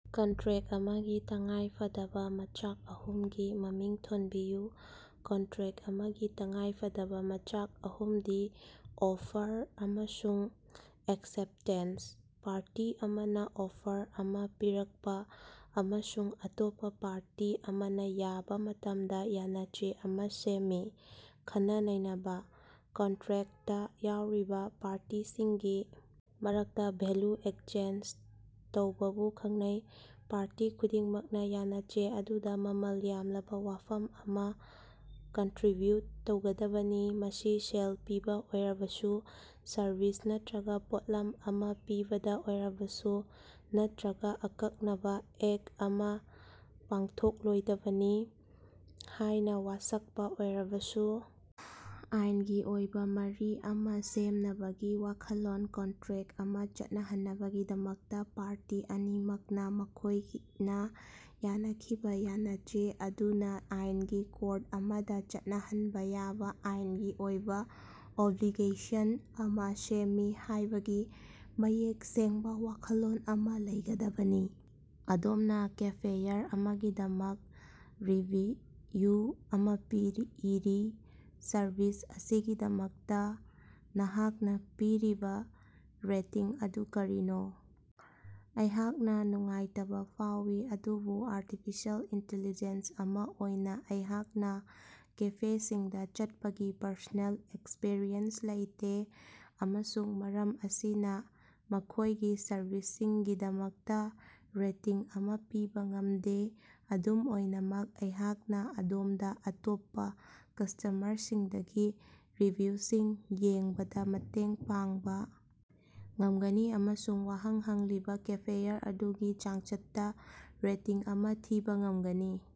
Contract ꯑꯃꯒꯤ ꯇꯉꯥꯏꯐꯗꯕ ꯃꯆꯥꯛ ꯑꯍꯨꯝꯒꯤ ꯃꯃꯤꯡ ꯊꯣꯟꯕꯤꯌꯨ꯫ ꯀꯟꯇ꯭ꯔꯦꯛꯇ ꯑꯃꯒꯤ ꯇꯉꯥꯏꯐꯗꯕ ꯃꯆꯥꯛ ꯑꯍꯨꯝꯗꯤ: ꯑꯣꯐꯔ ꯑꯃꯁꯨꯡ ꯑꯦꯛꯁꯦꯞꯇꯦꯟꯁ: ꯄꯥꯔꯇꯤ ꯑꯃꯅ ꯑꯣꯐꯔ ꯑꯃ ꯄꯤꯔꯛꯄ ꯑꯃꯁꯨꯡ ꯑꯇꯣꯞꯄ ꯄꯥꯔꯇꯤ ꯑꯃꯅ ꯌꯥꯕ ꯃꯇꯝꯗ ꯌꯥꯅꯆꯦ ꯑꯃ ꯁꯦꯝꯃꯤ꯫ ꯈꯟꯅ-ꯅꯩꯅꯕ: ꯀꯟꯇ꯭ꯔꯦꯛꯇꯇꯥ ꯌꯥꯎꯔꯤꯕ ꯄꯥꯔꯇꯤꯁꯤꯡꯒꯤ ꯃꯔꯛꯇ ꯚꯦꯂ꯭ꯌꯨ ꯑꯦꯛꯁꯆꯦꯟꯖ ꯇꯧꯕꯕꯨ ꯈꯪꯅꯩ꯫ ꯄꯥꯔꯇꯤ ꯈꯨꯗꯤꯡꯃꯛꯅ ꯌꯥꯅꯆꯦ ꯑꯗꯨꯗ ꯃꯃꯜ ꯌꯥꯝꯂꯕ ꯋꯥꯐꯝ ꯑꯃ ꯀꯟꯇ꯭ꯔꯤꯕ꯭ꯌꯨꯠ ꯇꯧꯒꯗꯕꯅꯤ, ꯃꯁꯤ ꯁꯦꯜ ꯄꯤꯕ ꯑꯣꯏꯔꯕꯁꯨ, ꯁꯔꯚꯤꯁ ꯅꯠꯇ꯭ꯔꯒ ꯄꯣꯠꯂꯝ ꯑꯃ ꯄꯤꯕꯗ ꯑꯣꯏꯔꯕꯁꯨ, ꯅꯠꯇ꯭ꯔꯒ ꯑꯀꯛꯅꯕ ꯑꯦꯛꯇ ꯑꯃ ꯄꯥꯡꯊꯣꯛꯂꯣꯏꯗꯕꯅꯤ ꯍꯥꯏꯅ ꯋꯥꯁꯛꯄ ꯑꯣꯏꯔꯕꯁꯨ꯫ ꯑꯥꯏꯟꯒꯤ ꯑꯣꯏꯕ ꯃꯔꯤ ꯑꯃ ꯁꯦꯝꯅꯕꯒꯤ ꯋꯥꯈꯜꯂꯣꯟ: ꯀꯟꯇ꯭ꯔꯦꯛꯇ ꯑꯃ ꯆꯠꯅꯍꯟꯅꯕꯒꯤꯗꯃꯛꯇ, ꯄꯥꯔꯇꯤ ꯑꯅꯤꯃꯛꯅꯥ ꯃꯈꯣꯏꯅ ꯌꯥꯅꯈꯤꯕ ꯌꯥꯅꯆꯦ ꯑꯗꯨꯅ ꯑꯥꯏꯟꯒꯤ ꯀꯣꯔꯠ ꯑꯃꯗ ꯆꯠꯅꯍꯟꯕ ꯌꯥꯕ ꯑꯥꯏꯟꯒꯤ ꯑꯣꯏꯕ ꯑꯣꯕ꯭ꯂꯤꯒꯦꯁꯟ ꯑꯃ ꯁꯦꯝꯃꯤ ꯍꯥꯏꯕꯒꯤ ꯃꯌꯦꯛ ꯁꯦꯡꯕ ꯋꯥꯈꯜꯂꯣꯟ ꯑꯃ ꯂꯩꯒꯗꯕꯅꯤ꯫ ꯑꯗꯣꯝꯅꯥ ꯀꯦꯐꯦꯌꯔ ꯑꯃꯒꯤꯗꯃꯛ ꯔꯤꯚꯤꯌꯨ ꯑꯃ ꯄꯤꯔꯤ ꯏꯔꯤ꯫ ꯁꯔꯚꯤꯁ ꯑꯁꯤꯒꯤꯗꯃꯛꯇ ꯅꯍꯥꯛꯅ ꯄꯤꯔꯤꯕ ꯔꯦꯇꯤꯡ ꯑꯗꯨ ꯀꯔꯤꯅꯣ? ꯑꯩꯍꯥꯛꯅ ꯅꯨꯡꯉꯥꯏꯇꯕ ꯐꯥꯎꯏ, ꯑꯗꯨꯕꯨ ꯑꯥꯔꯇꯤꯐꯤꯁꯤꯑꯦꯜ ꯏꯟꯇꯤꯂꯤꯖꯦꯟꯁ ꯑꯃ ꯑꯣꯏꯅ ꯑꯩꯍꯥꯛꯅ ꯀꯦꯐꯦꯁꯤꯡꯗ ꯆꯠꯄꯒꯤ ꯄꯔꯁꯣꯅꯦꯜ ꯑꯦꯛꯁꯄꯔꯤꯌꯦꯟꯁ ꯂꯩꯇꯦ ꯑꯃꯁꯨꯡ ꯃꯔꯝ ꯑꯁꯤꯅ ꯃꯈꯣꯏꯒꯤ ꯁꯔꯕꯤꯁꯀꯤꯗꯃꯛꯇ ꯔꯦꯇꯤꯡ ꯑꯃ ꯄꯤꯕ ꯉꯝꯗꯦ꯫ ꯑꯗꯨꯝ ꯑꯣꯏꯅꯃꯛ, ꯑꯩꯍꯥꯛꯅ ꯑꯗꯣꯝꯗ ꯑꯇꯣꯞꯄ ꯀꯁ꯭ꯇꯃꯔꯁꯤꯡꯗꯒꯤ ꯔꯤꯚꯤꯌꯨꯁꯤꯡ ꯌꯦꯡꯕꯗ ꯃꯇꯦꯡ ꯄꯥꯡꯕ ꯉꯝꯒꯅꯤ ꯑꯃꯁꯨꯡ ꯋꯥꯍꯪ ꯍꯪꯂꯤꯕ ꯀꯦꯐꯦꯌꯔ ꯑꯗꯨꯒꯤ ꯆꯥꯡꯆꯠꯇ ꯔꯦꯇꯤꯡ ꯑꯃ ꯊꯤꯕ ꯉꯝꯒꯅꯤ꯫